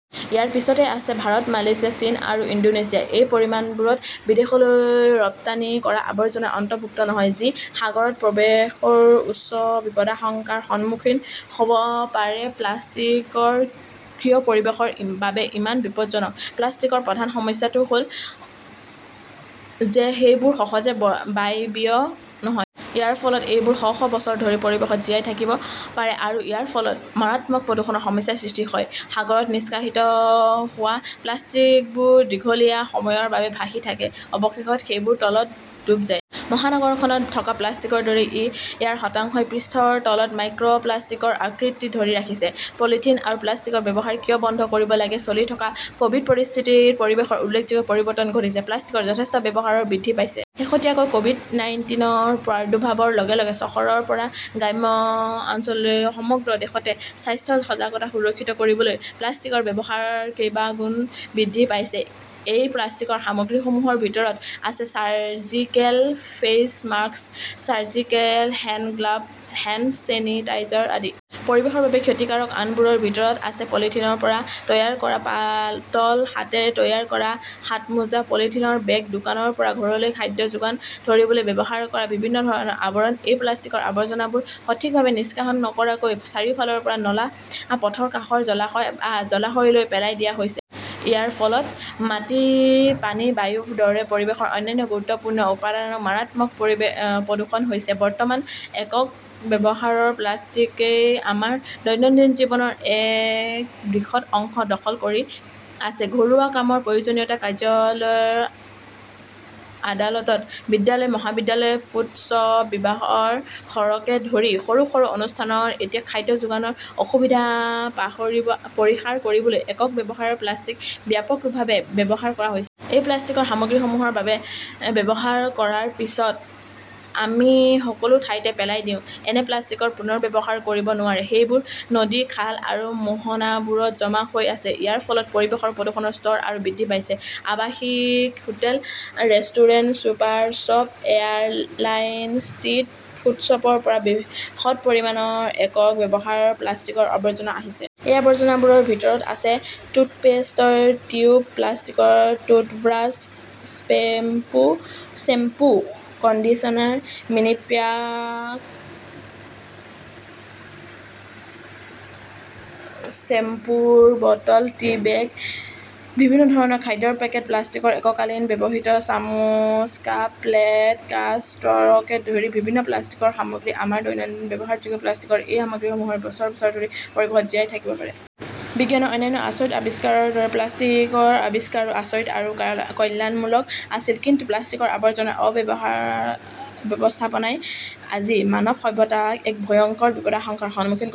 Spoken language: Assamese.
ইয়াৰ পিছতে আছে ভাৰত, মালয়েছিয়া, চীন আৰু ইণ্ডোনেছিয়া। এই পৰিমাণবোৰত বিদেশলৈ ৰপ্তানি কৰা আৱৰ্জনা অন্তৰ্ভুক্ত নহয়, যি সাগৰত প্ৰৱেশৰ উচ্চ বিপদাশংকাৰ সন্মুখীন হ 'ব পাৰে। প্লাষ্টিকৰ কিয় পৰিৱেশৰ বাবে ইমান বিপদজনক? প্লাষ্টিকৰ প্ৰধান সমস্যাটো হ'ল যে সেইবোৰ সহজে ব বায়বীয় নহয়। ইয়াৰ ফলত এইবোৰ শ শ বছৰ ধৰি পৰিৱেশত জীয়াই থাকিব পাৰে আৰু ইয়াৰ ফলত মাৰাত্মক প্ৰদূষণৰ সমস্যাৰ সৃষ্টি হয়। সাগৰত নিষ্কাশিত হোৱা প্লাষ্টিকবোৰ দীঘলীয়া সময়ৰ বাবে ভাহি থাকে। অৱশেষত সেইবোৰ তলত ডুব যায়। মহানগৰখনত থকা প্লাষ্টিকৰ দৰে ইয়াৰ শতাংশই পৃষ্ঠৰ তলত মাইক্ৰ'প্লাষ্টিকৰ আকৃতি ধৰি ৰাখিছে। পলিথিন আৰু প্লাষ্টিকৰ ব্যৱহাৰ কিয় বন্ধ কৰিব লাগে চলি থকা ক'ভিড পৰিস্থিতিত পৰিৱেশৰ উল্লেখযোগ্য পৰিৱৰ্তন ঘটিছে। প্লাষ্টিকৰ যথেষ্ট ব্যৱহাৰ বৃদ্ধি পাইছে। শেহতীয়াকৈ ক'ভিড-নাইন্তিনৰ প্ৰাদুৰ্ভাৱৰ লগে লগে চহৰৰ পৰা গ্ৰাম্য অঞ্চললৈ সমগ্ৰ দেশতে স্বাস্থ্য সজাগতা সুৰক্ষিত কৰিবলৈ প্লাষ্টিকৰ ব্যৱহাৰ কেইবাগুণ বৃদ্ধি পাইছে। এই প্লাষ্টিকৰ সামগ্ৰীসমূহৰ ভিতৰত আছে surgical face mask, surgical hand glove, hand sanitiser আদি। পৰিৱেশৰ বাবে ক্ষতিকাৰক আনবোৰৰ ভিতৰত আছে পলিথিনৰ পৰা তৈয়াৰ কৰা পাতল হাতেৰে তৈয়াৰ কৰা হাতমোজা, পলিথিনৰ বেগ, দোকানৰ পৰা ঘৰলৈ খাদ্য যোগান ধৰিবলৈ ব্যৱহাৰ কৰা বিভিন্ন ধৰণৰ আৱৰণ। এই প্লাষ্টিকৰ আৱৰ্জনাবোৰ সঠিকভাৱে নিষ্কাশন নকৰাকৈ চাৰিওফালৰ নলা, পথৰ কাষৰ জলাশয় বা জলাশয়লৈ পেলাই দিয়া হৈছে। ইয়াৰ ফলত মাটি, পানী, বায়ুৰ দৰে পৰিৱেশৰ অন্যান্য গুৰুত্বপূৰ্ণ উপাদানত মাৰাত্মক প্ৰদূষণ হৈছে। বৰ্তমান, একক ব্যৱহাৰৰ প্লাষ্টিকই আমাৰ দৈনন্দিন জীৱনৰ এক বৃহৎ অংশ দখল কৰি আছে। ঘৰুৱা কামৰ প্ৰয়োজনীয়তা, কাৰ্যালয়, আদালত, বিদ্যালয়, মহাবিদ্যালয়ৰ ফুডশ্বপ, বিবাহৰ ঘৰকে ধৰি সৰু- সৰু অনুষ্ঠানত এতিয়া খাদ্য যোগানৰ অসুবিধা পাহৰিব পৰিহাৰ কৰিবলৈ একক ব্যৱহাৰৰ প্লাষ্টিক ব্যাপকভাৱে ব্যৱহাৰ কৰা হৈছে। এই প্লাষ্টিকৰ সামগ্ৰীসমূহৰ বাবে ব্যৱহাৰ কৰাৰ পিছত আমি সকলো ঠাইতে পেলাই দিওঁ। এনে প্লাষ্টিক পুনৰ্ব্যৱহাৰ কৰিব নোৱাৰি। সেইবোৰ নদী, খাল আৰু মোহনাবোৰত জমা হৈ আছে। ইয়াৰ ফলত পৰিৱেশৰ প্ৰদূষণৰ স্তৰ আৰু বৃদ্ধি পাইছে। আৱাসিক hotel, restaurant, super shop, airline, street ফুডশ্বপৰ পৰা বৃহৎ পৰিমাণৰ একক ব্যৱহাৰৰ প্লাষ্টিকৰ আৱৰ্জনা আহিছে। এই আৱৰ্জনাবোৰৰ ভিতৰত আছে টুথপেষ্টৰ টিউব, প্লাষ্টিকৰ টুথব্ৰাছ, শ্বেম্পু শ্বেম্পো-কণ্ডিছনাৰ মিনিপ্যাক, শ্বেম্পোৰ বটল, টি-বেগ, বিভিন্ন ধৰণৰ খাদ্যৰ পেকেট, প্লাষ্টিকৰ এককালীন ব্যৱহৃত চামুচ, কাপ, প্লেট, কাঁচ, ষ্ট্ৰ'ৰকে ধৰি বিভিন্ন প্লাষ্টিকৰ সামগ্ৰী। আমাৰ দৈনন্দিন ব্যৱহাৰযোগ্য প্লাষ্টিকৰ এই সামগ্ৰীসমূহ বছৰ বছৰ ধৰি পৰিৱেশত জীয়াই থাকিব পাৰে। বিজ্ঞানৰ অন্যান্য আচৰিত আৱিষ্কাৰৰ দৰে প্লাষ্টিকৰ আৱিষ্কাৰো আচৰিত আৰু কল্যাণমূলক আছিল। কিন্তু প্লাষ্টিকৰ আৱৰ্জনাৰ অব্যবহাৰ অব্যৱস্থাপনাই আজি মানৱ সভ্যতাক এক ভয়ংকৰ বিপদাশংকাৰ সন্মুখীন